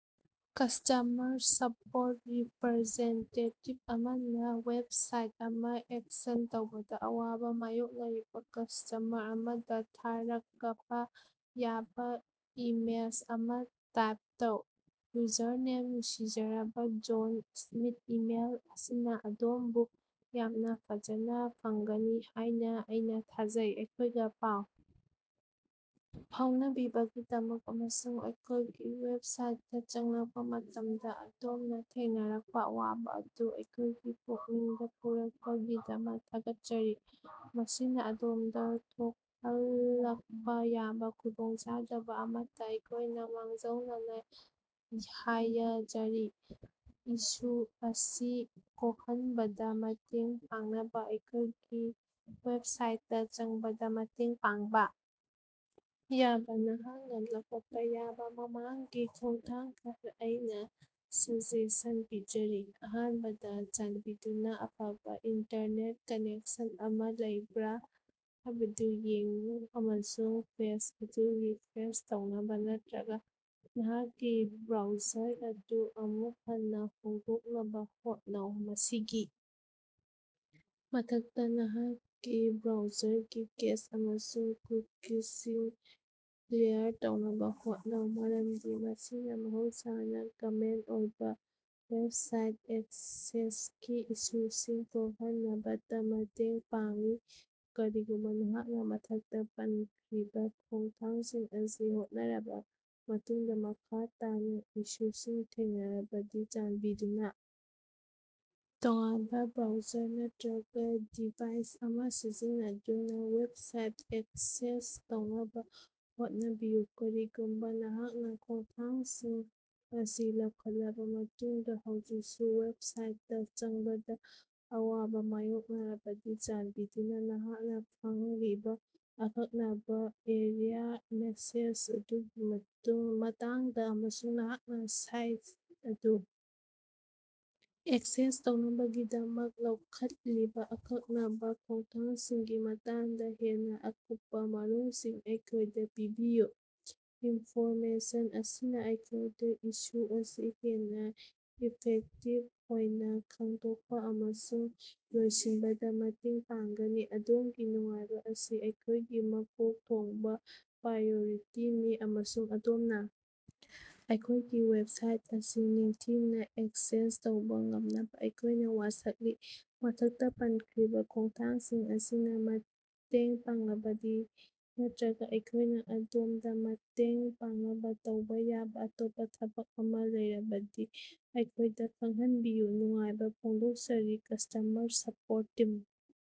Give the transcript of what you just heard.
Customer support representative ꯑꯃꯅ website ꯑꯃ access ꯇꯧꯕꯗ ꯑꯋꯥꯕ ꯃꯥꯌꯣꯛꯅꯔꯤꯕ ꯀꯁ꯭ꯇꯃꯔ ꯑꯃꯗ ꯊꯥꯔꯀꯄ ꯌꯥꯕ ꯏꯃꯦꯏꯜ ꯑꯃ ꯇꯥꯏꯞ ꯇꯧ꯫ ꯌꯨꯖꯔꯅꯦꯝ: ꯅꯨꯡꯁꯤꯖꯔꯕ ꯖꯣꯟ ꯁ꯭ꯃꯤꯊ, ꯏꯃꯦꯜ ꯑꯁꯤꯅ ꯑꯗꯣꯝꯕꯨ ꯌꯥꯝꯅ ꯐꯖꯅ ꯐꯪꯒꯅꯤ ꯍꯥꯏꯅ ꯑꯩꯅ ꯊꯥꯖꯩ꯫ ꯑꯩꯈꯣꯏꯒ ꯄꯥꯎ ꯐꯥꯎꯅꯕꯤꯕꯒꯤꯗꯃꯛ ꯑꯃꯁꯨꯡ ꯑꯩꯈꯣꯏꯒꯤ ꯋꯦꯕꯁꯥꯏꯠꯇ ꯆꯪꯂꯛꯄ ꯃꯇꯝꯗ ꯑꯗꯣꯝꯅ ꯊꯦꯡꯅꯔꯛꯄ ꯑꯋꯥꯕ ꯑꯗꯨ ꯑꯩꯈꯣꯏꯒꯤ ꯄꯨꯛꯅꯤꯡꯗ ꯄꯨꯔꯛꯄꯒꯤꯗꯃꯛ ꯊꯥꯒꯠꯆꯔꯤ꯫ ꯃꯁꯤꯅ ꯑꯗꯣꯝꯗ ꯊꯣꯛꯍꯜꯂꯛꯄ ꯌꯥꯕ ꯈꯨꯗꯣꯡꯆꯥꯗꯕ ꯑꯃꯠꯇ ꯑꯩꯈꯣꯏꯅ ꯃꯥꯡꯖꯧꯅꯅꯥ ꯍꯥꯌꯖꯔꯤ꯫ ꯏꯁꯨ ꯑꯁꯤ ꯀꯣꯛꯍꯟꯅꯕꯗ ꯃꯇꯦꯡ ꯄꯥꯡꯅꯕ, ꯑꯩꯈꯣꯏꯒꯤ ꯋꯦꯕꯁꯥꯏꯠꯇꯥ ꯆꯪꯕꯗ ꯃꯇꯦꯡ ꯄꯥꯡꯕ ꯌꯥꯕ ꯅꯍꯥꯛꯅ ꯂꯧꯈꯠꯄ ꯌꯥꯕ ꯃꯃꯥꯡꯒꯤ ꯈꯣꯡꯊꯥꯡ ꯈꯔꯥ ꯑꯩꯅ ꯁꯖꯦꯁꯟ ꯄꯤꯖꯔꯤ꯫ ꯑꯍꯥꯟꯕꯗ, ꯆꯥꯟꯕꯤꯗꯨꯅ ꯑꯐꯕ ꯏꯟꯇꯔꯅꯦꯠ ꯀꯅꯦꯛꯁꯟ ꯑꯃ ꯂꯩꯕ꯭ꯔꯥ ꯍꯥꯏꯕꯗꯨ ꯌꯦꯡꯎ, ꯑꯃꯁꯨꯡ ꯄꯦꯖ ꯑꯗꯨ ꯔꯤꯐ꯭ꯔꯦꯁ ꯇꯧꯅꯕ ꯅꯠꯇ꯭ꯔꯒ ꯅꯍꯥꯛꯀꯤ ꯕ꯭ꯔꯥꯎꯖꯔ ꯑꯗꯨ ꯑꯃꯨꯛ ꯍꯟꯅ ꯍꯧꯗꯣꯛꯅꯕ ꯍꯣꯠꯅꯧ꯫ ꯃꯁꯤꯒꯤ ꯃꯊꯛꯇ, ꯅꯍꯥꯛꯀꯤ ꯕ꯭ꯔꯥꯎꯖꯔꯒꯤ ꯀꯦꯁ ꯑꯃꯁꯨꯡ ꯀꯨꯀꯤꯖꯁꯤꯡ ꯀ꯭ꯂꯤꯌꯔ ꯇꯧꯅꯕ ꯍꯣꯠꯅꯧ, ꯃꯔꯝꯗꯤ ꯃꯁꯤꯅ ꯃꯍꯧꯁꯥꯅ ꯀꯃꯟ ꯑꯣꯏꯕ ꯋꯦꯕꯁꯥꯏꯠ ꯑꯦꯛꯁꯦꯁꯀꯤ ꯏꯁꯨꯁꯤꯡ ꯀꯣꯛꯍꯟꯅꯕꯗ ꯃꯇꯦꯡ ꯄꯥꯡꯏ ꯀꯔꯤꯒꯨꯝꯕ ꯅꯍꯥꯛꯅ ꯃꯊꯛꯇꯥ ꯄꯟꯈ꯭ꯔꯤꯕ ꯈꯣꯡꯊꯥꯡꯁꯤꯡ ꯑꯁꯤ ꯍꯣꯠꯅꯔꯕ ꯃꯇꯨꯡꯗ ꯃꯈꯥ ꯇꯥꯅ ꯏꯁꯨꯁꯤꯡ ꯊꯦꯡꯅꯔꯕꯗꯤ, ꯆꯥꯟꯕꯤꯗꯨꯅ ꯇꯣꯉꯥꯟꯕ ꯕ꯭ꯔꯥꯎꯖꯔ ꯅꯠꯇ꯭ꯔꯒꯥ ꯗꯤꯚꯥꯏꯁ ꯑꯃ ꯁꯤꯖꯤꯟꯅꯗꯨꯅ ꯋꯦꯕꯁꯥꯏꯠ ꯑꯦꯛꯁꯦꯁ ꯇꯧꯅꯕ ꯍꯣꯠꯅꯕꯤꯌꯨ꯫ ꯀꯔꯤꯒꯨꯝꯕ ꯅꯍꯥꯛꯅ ꯈꯣꯡꯊꯥꯡꯁꯤꯡ ꯑꯁꯤ ꯂꯧꯈꯠꯂꯕ ꯃꯇꯨꯡꯗ ꯍꯧꯖꯤꯛꯁꯨ ꯋꯦꯕꯁꯥꯏꯠꯇ ꯆꯪꯕꯗ ꯑꯋꯥꯕ ꯃꯥꯌꯣꯛꯅꯔꯕꯗꯤ, ꯆꯥꯟꯕꯤꯗꯨꯅ ꯅꯍꯥꯛꯅ ꯐꯪꯂꯤꯕ ꯑꯀꯛꯅꯕ ꯑꯦꯔꯤꯌꯥ ꯃꯦꯁꯦꯖ ꯑꯗꯨꯒꯤ ꯃꯇꯥꯡꯗ ꯑꯃꯁꯨꯡ ꯅꯍꯥꯛꯅ ꯁꯥꯏꯠ ꯑꯗꯨ ꯑꯦꯛꯁꯦꯁ ꯇꯧꯅꯕꯒꯤꯗꯃꯛ ꯂꯧꯈꯠꯂꯤꯕ ꯑꯀꯛꯅꯕ ꯈꯣꯡꯊꯥꯡꯁꯤꯡꯒꯤ ꯃꯇꯥꯡꯗ ꯍꯦꯟꯅꯥ ꯑꯀꯨꯞꯄꯥ ꯃꯔꯣꯜꯁꯤꯡ ꯑꯩꯈꯣꯏꯗ ꯄꯤꯕꯤꯌꯨ꯫ ꯏꯟꯐꯣꯔꯃꯦꯁꯟ ꯑꯁꯤꯅ ꯑꯩꯈꯣꯏꯗ ꯏꯁꯨ ꯑꯁꯤ ꯍꯦꯟꯅ ꯏꯐꯦꯛꯇꯤꯚ ꯑꯣꯏꯅ ꯈꯪꯗꯣꯛꯄ ꯑꯃꯁꯨꯡ ꯂꯣꯏꯁꯤꯟꯕꯗ ꯃꯇꯦꯡ ꯄꯥꯡꯒꯅꯤ꯫ ꯑꯗꯣꯝꯒꯤ ꯅꯨꯡꯉꯥꯏꯕ ꯑꯁꯤ ꯑꯩꯈꯣꯏꯒꯤ ꯃꯀꯣꯛ ꯊꯣꯡꯕ ꯄ꯭ꯔꯥꯌꯣꯔꯤꯇꯤꯅꯤ, ꯑꯃꯁꯨꯡ ꯑꯗꯣꯝꯅ ꯑꯩꯈꯣꯏꯒꯤ ꯋꯦꯕꯁꯥꯏꯠ ꯑꯁꯤ ꯅꯤꯡꯊꯤꯅ ꯑꯦꯛꯁꯦꯁ ꯇꯧꯕ ꯉꯝꯅꯕ ꯑꯩꯈꯣꯏꯅ ꯋꯥꯁꯛꯂꯤ꯫ ꯃꯊꯛꯇꯥ ꯄꯟꯈ꯭ꯔꯤꯕ ꯈꯣꯡꯊꯥꯡꯁꯤꯡ ꯑꯁꯤꯅꯥ ꯃꯇꯦꯡ ꯄꯥꯡꯂꯕꯗꯤ ꯅꯠꯇ꯭ꯔꯒ ꯑꯩꯈꯣꯏꯅ ꯑꯗꯣꯝꯗ ꯃꯇꯦꯡ ꯄꯥꯡꯅꯕ ꯇꯧꯕ ꯌꯥꯕ ꯑꯇꯣꯞꯄ ꯊꯕꯛ ꯑꯃ ꯂꯩꯔꯕꯗꯤ ꯑꯩꯈꯣꯏꯗ ꯈꯪꯍꯟꯕꯤꯌꯨ꯫ ꯅꯨꯡꯉꯥꯏꯕ ꯐꯣꯡꯗꯣꯛꯆꯔꯤ, ꯀꯁ꯭ꯇꯃꯔ ꯁꯄꯣꯔꯠ ꯇꯤꯝ꯫